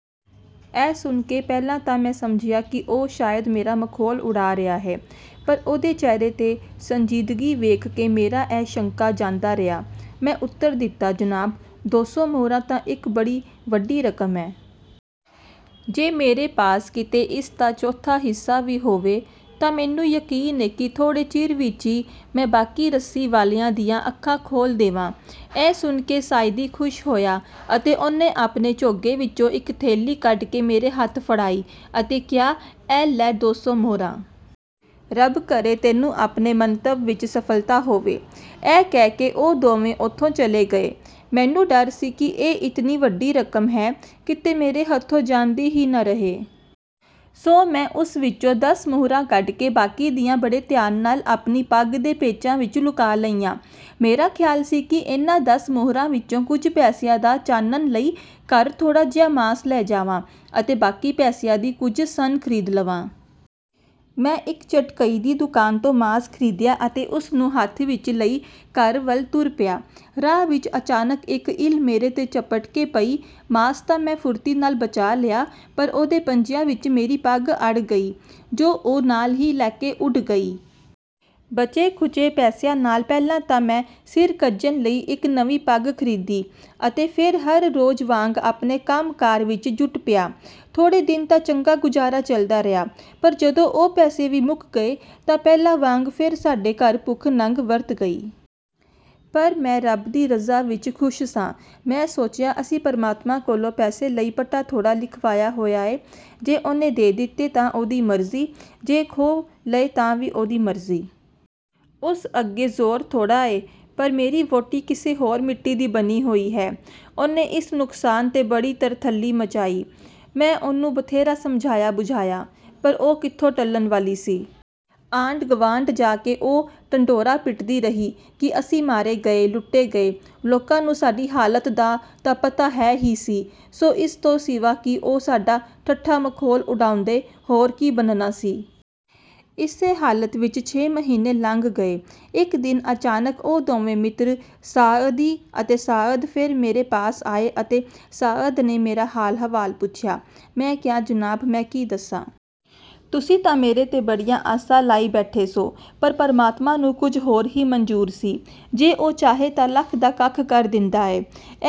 " ਇਹ ਸੁਣ ਕੇ ਪਹਿਲਾਂ ਤਾਂ ਮੈਂ ਸਮਝਿਆ ਕਿ ਉਹ ਸ਼ਾਇਦ ਮੇਰਾ ਮਖੌਲ ਉਡਾ ਰਿਹਾ ਹੈ, ਪਰ ਉਹਦੇ ਚਿਹਰੇ ਦੀ ਸੰਜੀਦਗੀ ਵੇਖ ਕੇ ਮੇਰਾ ਇਹ ਸ਼ੰਕਾ ਜਾਂਦਾ ਰਿਹਾ। ਮੈਂ ਉੱਤਰ ਦਿੱਤਾ, "ਜਨਾਬ, ਦੋ ਸੌ ਮੋਹਰਾਂ ਤਾਂ ਇਕ ਬੜੀ ਵੱਡੀ ਰਕਮ ਏ। ਜੇ ਮੇਰੇ ਪਾਸ ਕਿਤੇ ਇਸ ਦਾ ਚੌਥਾ ਹਿੱਸਾ ਵੀ ਹੋਵੇ ਤਾਂ ਮੈਨੂੰ ਯਕੀਨ ਏ ਕਿ ਥੋੜ੍ਹੇ ਚਿਰ ਵਿਚ ਈ ਮੈਂ ਬਾਕੀ ਰੱਸੀ ਵਾਲਿਆਂ ਦੀਆਂ ਅੱਖਾਂ ਖੋਲ੍ਹ ਦੇਵਾਂ। " ਇਹ ਸੁਣ ਕੇ ਸਾਅਦੀ ਖੁਸ਼ ਹੋਇਆ ਅਤੇ ਉਹਨੇ ਆਪਣੇ ਚੋਗੇ ਵਿਚੋਂ ਇਕ ਥੈਲੀ ਕਢ ਕੇ ਮੇਰੇ ਹੱਥ ਫੜਾਈ ਅਤੇ ਕਿਹਾ, "ਇਹ ਲੈ ਦੋ ਸੌ ਮੁਹਰਾਂ! ਰੱਬ ਕਰੇ ਤੈਨੂੰ ਆਪਣੇ ਮੰਤਵ ਵਿਚ ਸਫਲਤਾ ਹੋਵੇ। " ਇਹ ਕਹਿ ਕੇ ਉਹ ਦੋਵੇਂ ਉੱਥੋਂ ਚਲੇ ਗਏ। ਮੈਨੂੰ ਡਰ ਸੀ ਕਿ ਇਹ ਇਤਨੀ ਵੱਡੀ ਰਕਮ ਹੈ, ਕਿਤੇ ਮੇਰੇ ਹੱਥੋਂ ਜਾਂਦੀ ਹੀ ਨ ਰਹੇ। ਸੋ ਮੈਂ ਉਸ ਵਿਚੋਂ ਦਸ ਮੁਹਰਾਂ ਕੱਢ ਕੇ ਬਾਕੀ ਦੀਆਂ ਬੜੇ ਧਿਆਨ ਨਾਲ ਆਪਣੀ ਪੱਗ ਦੇ ਪੇਚਾਂ ਵਿਚ ਲੁਕਾ ਲਈਆਂ। ਮੇਰਾ ਖ਼ਿਆਲ ਸੀ ਕਿ ਇਹਨਾਂ ਦਸ ਮੁਹਰਾਂ ਵਿਚੋਂ ਕੁਝ ਪੈਸਿਆਂ ਦਾ ਚਾੜ੍ਹਨ ਲਈ ਘਰ ਥੋੜ੍ਹਾ ਜਿਹਾ ਮਾਸ ਲੈ ਜਾਵਾਂ ਅਤੇ ਬਾਕੀ ਪੈਸਿਆਂ ਦੀ ਕੁਝ ਸਣ ਖ਼ਰੀਦ ਲਵਾਂ। ਮੈਂ ਇਕ ਝਟਕਈ ਦੀ ਦੁਕਾਨ ਤੋਂ ਮਾਸ ਖ਼ਰੀਦਿਆ ਅਤੇ ਉਸ ਨੂੰ ਹੱਥ ਵਿਚ ਲਈ ਘਰ ਵਲ ਤੁਰ ਪਿਆ। ਰਾਹ ਵਿਚ ਅਚਾਨਕ ਇਕ ਇੱਲ ਮੇਰੇ ਤੇ ਝੱਪਟ ਕੇ ਪਈ। ਮਾਸ ਤਾਂ ਮੈਂ ਫੁਰਤੀ ਨਾਲ ਬਚਾ ਲਿਆ, ਪਰ ਉਹਦੇ ਪੰਜਿਆਂ ਵਿਚ ਮੇਰੀ ਪੱਗ ਅੜ ਗਈ ਜੋ ਉਹ ਨਾਲ ਹੀ ਲੈ ਕੇ ਉੱਡ ਗਈ। ਬਚੇ ਖੁਚੇ ਪੈਸਿਆਂ ਨਾਲ ਪਹਿਲਾਂ ਤਾਂ ਮੈਂ ਸਿਰ ਕੱਜਣ ਲਈ ਇਕ ਨਵੀਂ ਪੱਗ ਖ਼ਰੀਦੀ, ਅਤੇ ਫੇਰ ਹਰ ਰੋਜ਼ ਵਾਂਗ ਆਪਣੇ ਕੰਮ ਕਾਰ ਵਿਚ ਜੁਟ ਪਿਆ। ਥੋੜ੍ਹੇ ਦਿਨ ਤਾਂ ਚੰਗਾ ਗੁਜ਼ਾਰਾ ਚਲਦਾ ਰਿਹਾ, ਪਰ ਜਦੋਂ ਉਹ ਪੈਸੇ ਵੀ ਮੁਕ ਗਏ ਤਾਂ ਪਹਿਲਾਂ ਵਾਂਗ ਫੇਰ ਸਾਡੇ ਘਰ ਭੁੱਖ ਨੰਗ ਵਰਤ ਗਈ। ਪਰ ਮੈਂ ਰਬ ਦੀ ਰਜ਼ਾ ਵਿਚ ਖ਼ੁਸ਼ ਸਾਂ। ਮੈਂ ਸੋਚਿਆ, "ਅਸੀਂ ਪਰਮਾਤਮਾ ਕੋਲੋਂ ਪੈਸੇ ਲਈ ਪਟਾ ਥੋੜ੍ਹਾ ਲਿਖਵਾਇਆ ਹੋਇਆ ਏ! ਜੇ ਉਹਨੇ ਦੇ ਦਿੱਤੇ ਤਾਂ ਉਹਦੀ ਮਰਜ਼ੀ, ਜੇ ਖੋਹ ਲਏ ਤਾਂ ਵੀ ਉਹਦੀ ਮਰਜ਼ੀ! ਉਸ ਅੱਗੇ ਜ਼ੋਰ ਥੋੜ੍ਹਾ ਏ। " ਪਰ ਮੇਰੀ ਵਹੁਟੀ ਕਿਸੇ ਹੋਰ ਮਿੱਟੀ ਦੀ ਬਣੀ ਹੋਈ ਹੈ। ਉਹਨੇ ਇਸ ਨੁਕਸਾਨ ਤੇ ਬੜੀ ਤਰਥੱਲੀ ਮਚਾਈ। ਮੈਂ ਉਹਨੂੰ ਬਥੇਰਾ ਸਮਝਾਇਆ ਬੁਝਾਇਆ, ਪਰ ਉਹ ਕਿਥੋਂ ਟਲਣ ਵਾਲੀ ਸੀ! ਆਂਢ ਗਵਾਂਢ ਜਾ ਕੇ ਉਹ ਢੰਡੋਰਾ ਪਿਟਦੀ ਰਹੀ ਕਿ ਅਸੀਂ ਮਾਰੇ ਗਏ, ਲੁਟੇ ਗਏ! ਲੋਕਾਂ ਨੂੰ ਸਾਡੀ ਹਾਲਤ ਦਾ ਤਾਂ ਪਤਾ ਹੈ ਹੀ ਸੀ। ਸੋ ਇਸ ਤੋਂ ਸਿਵਾ ਕਿ ਉਹ ਸਾਡਾ ਠੱਠਾ ਮਖੌਲ ਉਡਾਉਂਦੇ ਹੋਰ ਕੀ ਬਣਨਾ ਸੀ। ਇਸੇ ਹਾਲਤ ਵਿਚ ਛੇ ਮਹੀਨੇ ਲੰਘ ਗਏ। ਇਕ ਦਿਨ ਅਚਾਨਕ ਉਹ ਦੋਵੇਂ ਮਿੱਤਰ, ਸਾਅਦੀ ਅਤੇ ਸਾਅਦ, ਫੇਰ ਮੇਰੇ ਪਾਸ ਆਏ ਅਤੇ ਸਾਅਦ ਨੇ ਮੇਰਾ ਹਾਲ ਹਵਾਲ ਪੁੱਛਿਆ! ਮੈਂ ਕਿਹਾ, "ਜਨਾਬ, ਮੈਂ ਕੀ ਦੱਸਾਂ! ਤੁਸੀਂ ਤਾਂ ਮੇਰੇ ਤੇ ਬੜੀਆਂ ਆਸਾਂ ਲਾਈ ਬੈਠੇ ਸੌ। ਪਰ ਪਰਮਾਤਮਾਂ ਨੂੰ ਕੁਝ ਹੋਰ ਹੀ ਮਨਜ਼ੂਰ ਸੀ! ਜੇ ਉਹ ਚਾਹੇ ਤਾਂ ਲੱਖ ਦਾ ਕੱਖ ਕਰ ਦਿੰਦਾ ਏ!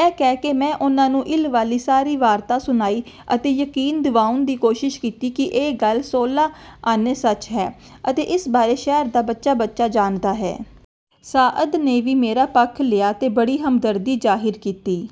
ਇਹ ਕਹਿ ਕੇ ਮੈਂ ਉਹਨਾਂ ਨੂੰ ਇੱਲ ਵਾਲੀ ਸਾਰੀ ਵਾਰਤਾ ਸੁਣਾਈ ਅਤੇ ਯਕੀਨ ਦਿਵਾਉਣ ਦੀ ਕਸ਼ਿਸ਼ ਕੀਤੀ ਕਿ ਇਹ ਗਲ ਸੋਲਾਂ ਆਨੇ ਸਚ ਹੈ ਅਤੇ ਇਸ ਬਾਰੇ ਸ਼ਹਿਰ ਦਾ ਬੱਚਾ ਬੱਚਾ ਜਾਣਦਾ ਹੈ। ਸਾਅਦ ਨੇ ਵੀ ਮੇਰਾ ਪੱਖ ਲਿਆ ਤੇ ਬੜੀ ਹਮਦਰਦੀ ਜ਼ਾਹਿਰ ਕੀਤੀ!